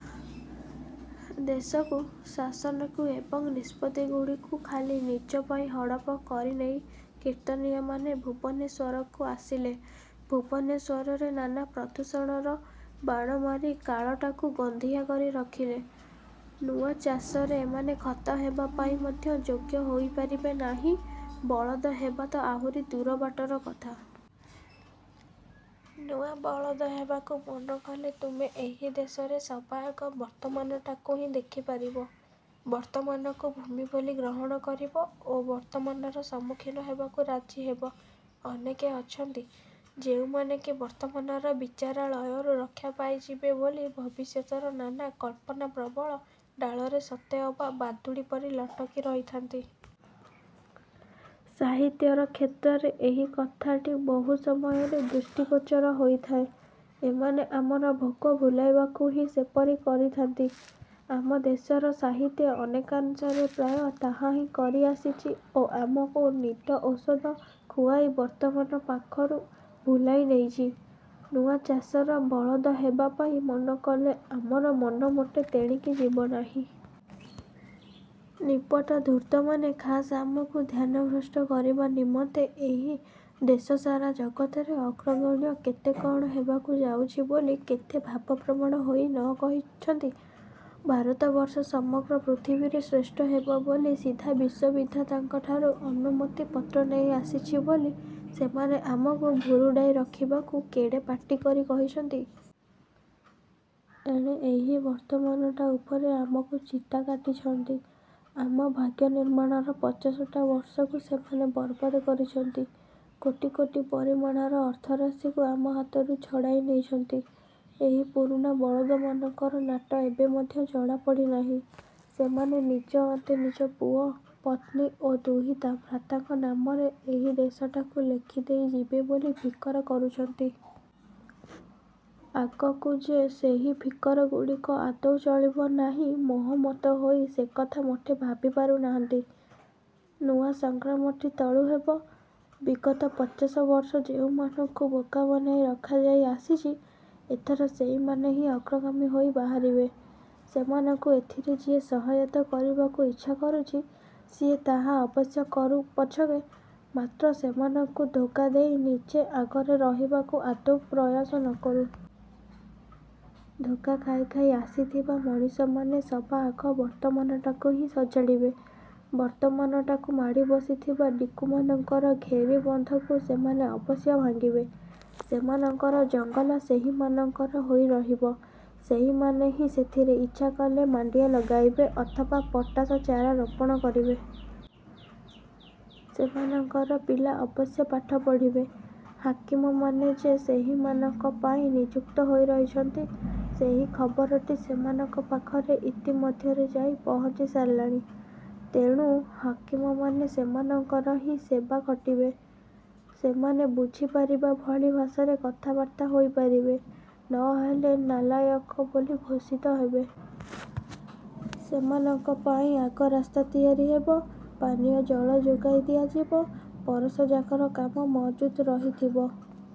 ଦେଶକୁ, ଶାସନକୁ ଏବଂ ନିଷ୍ପତ୍ତିଗୁଡ଼ିକୁ ଖାଲି ନିଜ ପାଇଁ ହଡ଼ପ କରିନେଇ କୀର୍ତ୍ତନିଆମାନେ ଭୁବନେଶ୍ୱରକୁ ଆସିଲେ। ଭୁବନେଶ୍ୱରରେ ନାନା ପ୍ରଦୂଷଣର ବାଣ ମାରି କାଳଟାକୁ ଗନ୍ଧିଆ କରି ରଖିଲେ। ନୂଆ ଚାଷରେ ଏମାନେ ଖତ ହେବା ପାଇଁ ମଧ୍ୟ ଯୋଗ୍ୟ ହୋଇପାରିବେ ନାହିଁ, ବଳଦ ହେବା ତ ଆହୁରି ଦୂର ବାଟର କଥା। ନୂଆ ବଳଦ ହେବାକୁ ମନକଲେ ତୁମେ ଏହି ଦେଶରେ ସବାଆଗ ବର୍ତ୍ତମାନଟାକୁ ହିଁ ଦେଖିପାରିବ। ବର୍ତ୍ତମାନକୁ ଭୂମି ବୋଲି ଗ୍ରହଣ କରିବ ଓ ବର୍ତ୍ତମାନର ସମ୍ମୁଖୀନ ହେବାକୁ ରାଜି ହେବ। ଅନେକେ ଅଛନ୍ତି, ଯେଉଁମାନେ କି ବର୍ତ୍ତମାନର ବିଚାରାଳୟରୁ ରକ୍ଷା ପାଇଯିବେ ବୋଲି ଭବିଷ୍ୟତର ନାନା କଳ୍ପନାପ୍ରବଳ ଡାଳରେ ସତେଅବା ବାଦୁଡ଼ି ପରି ଲଟକି ରହିଥାନ୍ତି। ସାହିତ୍ୟର କ୍ଷେତ୍ରରେ ଏହି କଥାଟି ବହୁ ସମୟରେ ଦୃଷ୍ଟିଗୋଚର ହୋଇଥାଏ। ଏମାନେ ଆମର ଭୋକ ଭୁଲାଇବାକୁ ହିଁ ସେପରି କରିଥାନ୍ତି। ଆମ ଦେଶର ସାହିତ୍ୟ ଅନେକାଂଶରେ ପ୍ରାୟ ତାହା ହିଁ କରିଆସିଛି ଓ ଆମକୁ ନିଦ ଓଷଦ ଖୁଆଇ ବର୍ତ୍ତମାନ ପାଖରୁ ଭୁଲାଇ ନେଇଛି। ନୂଆ ଚାଷର ବଳଦ ହେବା ପାଇଁ ମନ କଲେ ଆମର ମନ ମୋଟେ ତେଣିକି ଯିବ ନାହିଁ। ନିପଟ ଧୂର୍ତ୍ତମାନେ ଖାସ୍ ଆମକୁ ଧ୍ୟାନଭ୍ରଷ୍ଟ କରିବା ନିମନ୍ତେ ଏହି ଦେଶ ସାରା ଜଗତରେ ଅଗ୍ରଗଣ୍ୟ କେତେ କ'ଣ ହେବାକୁ ଯାଉଛି ବୋଲି କେତେ ଭାବପ୍ରବଣ ହୋଇ ନକହିଛନ୍ତି; ଭାରତବର୍ଷ ସମଗ୍ର ପୃଥିବୀରେ ଶ୍ରେଷ୍ଠ ହେବ ବୋଲି ସିଧା ବିଶ୍ଵବିଧାତାଙ୍କ ଠାରୁ ଅନୁମତିପତ୍ର ନେଇ ଆସିଛି ବୋଲି ସେମାନେ ଆମକୁ ଭୁରୁଡ଼ାଇ ରଖିବାକୁ କେଡ଼େ ପାଟି କରି କହିଛନ୍ତି। ଏଣେ ଏହି ବର୍ତ୍ତମାନଟା ଉପରେ ଆମକୁ ଚିତା କାଟିଛନ୍ତି। ଆମ ଭାଗ୍ୟନିର୍ମାଣର ପଚାଶଟା ବର୍ଷକୁ ସେମାନେ ବରବାଦ କରିଛନ୍ତି। କୋଟି କୋଟି ପରିମାଣର ଅର୍ଥରାଶିକୁ ଆମ ହାତରୁ ଛଡ଼ାଇ ନେଇଛନ୍ତି। ଏହି ପୁରୁଣା ବଳଦମାନଙ୍କର ନାଟ ଏବେ ମଧ୍ୟ ଜଣା ପଡ଼ିନାହିଁ। ସେମାନେ ନିଜ ଅନ୍ତେ ନିଜ ପୁଅ, ପତ୍ନୀ ଓ ଦୁହିତା, ଭ୍ରାତାଙ୍କ ନାମରେ ଏହି ଦେଶଟାକୁ ଲେଖିଦେଇ ଯିବେ ବୋଲି ଫିକର କରୁଛନ୍ତି। ଆଗକୁ ଯେ ସେହି ଫିକରଗୁଡ଼ିକ ଆଦୌ ଚଳିବ ନାହିଁ, ମୋହମତ୍ତ ହୋଇ ସେକଥା ମୋଟେ ଭାବି ପାରୁନାହାନ୍ତି। ନୂଆ ସଂଗ୍ରାମଟି ତଳୁ ହେବ। ବିଗତ ପଚାଶ ବର୍ଷ ଯେଉଁମାନଙ୍କୁ ବୋକା ବନାଇ ରଖାଯାଇ ଆସିଛି, ଏଥର ସେଇମାନେ ହିଁ ଅଗ୍ରଗାମୀ ହୋଇ ବାହାରିବେ। ସେମାନଙ୍କୁ ଏଥିରେ ଯିଏ ସହାୟତା କରିବାକୁ ଇଚ୍ଛା କରୁଛି, ସିଏ ତାହା ଅବଶ୍ୟ କରୁ ପଛକେ, ମାତ୍ର ସେମାନଙ୍କୁ ଧୋକା ଦେଇ ନିଜେ ଆଗରେ ରହିବାକୁ ଆଦୌ ପ୍ରୟାସ ନକରୁ। ଧୋକା ଖାଇ ଖାଇ ଆସିଥିବା ମଣିଷମାନେ ସବାଆଗ ବର୍ତ୍ତମାନଟାକୁ ହିଁ ସଜାଡ଼ିବେ। ବର୍ତ୍ତମାନଟାକୁ ମାଡ଼ିବସିଥିବା ଡ଼ିକୁମାନଙ୍କର ଘେରିବନ୍ଧକୁ ସେମାନେ ଅବଶ୍ୟ ଭାଙ୍ଗିବେ। ସେମାନଙ୍କର ଜଙ୍ଗଲ ସେହିମାନଙ୍କର ହୋଇ ରହିବ। ସେହିମାନେ ହିଁ ସେଥିରେ ଇଚ୍ଛା କଲେ ମାଣ୍ଡିଆ ଲଗାଇବେ ଅଥବା ପଟାସ ଚାରା ରୋପଣ କରିବେ। ସେମାନଙ୍କର ପିଲା ଅବଶ୍ୟ ପାଠ ପଢ଼ିବେ। ହାକିମମାନେ ଯେ ସେହିମାନଙ୍କ ପାଇଁ ନିଯୁକ୍ତ ହୋଇ ରହିଛନ୍ତି, ସେହି ଖବରଟି ସେମାନଙ୍କ ପାଖରେ ଇତିମଧ୍ୟରେ ଯାଇ ପହଞ୍ଚି ସାରିଲାଣି। ତେଣୁ, ହାକିମମାନେ ସେମାନଙ୍କର ହିଁ ସେବା ଖଟିବେ, ସେମାନେ ବୁଝିପାରିବା ଭଳି ଭାଷାରେ କଥାବାର୍ତ୍ତା ହୋଇ ପାରିବେ, ନହେଲେ ନାଲାୟକ ବୋଲି ଘୋଷିତ ହେବେ। ସେମାନଙ୍କ ପାଇଁ ଆଗ ରାସ୍ତା ତିଆରି ହେବ, ପାନୀୟଜଳ ଯୋଗାଇ ଦିଆଯିବ, ବରଷ ଯାକର କାମ ମହଜୁଦ ରହିଥିବ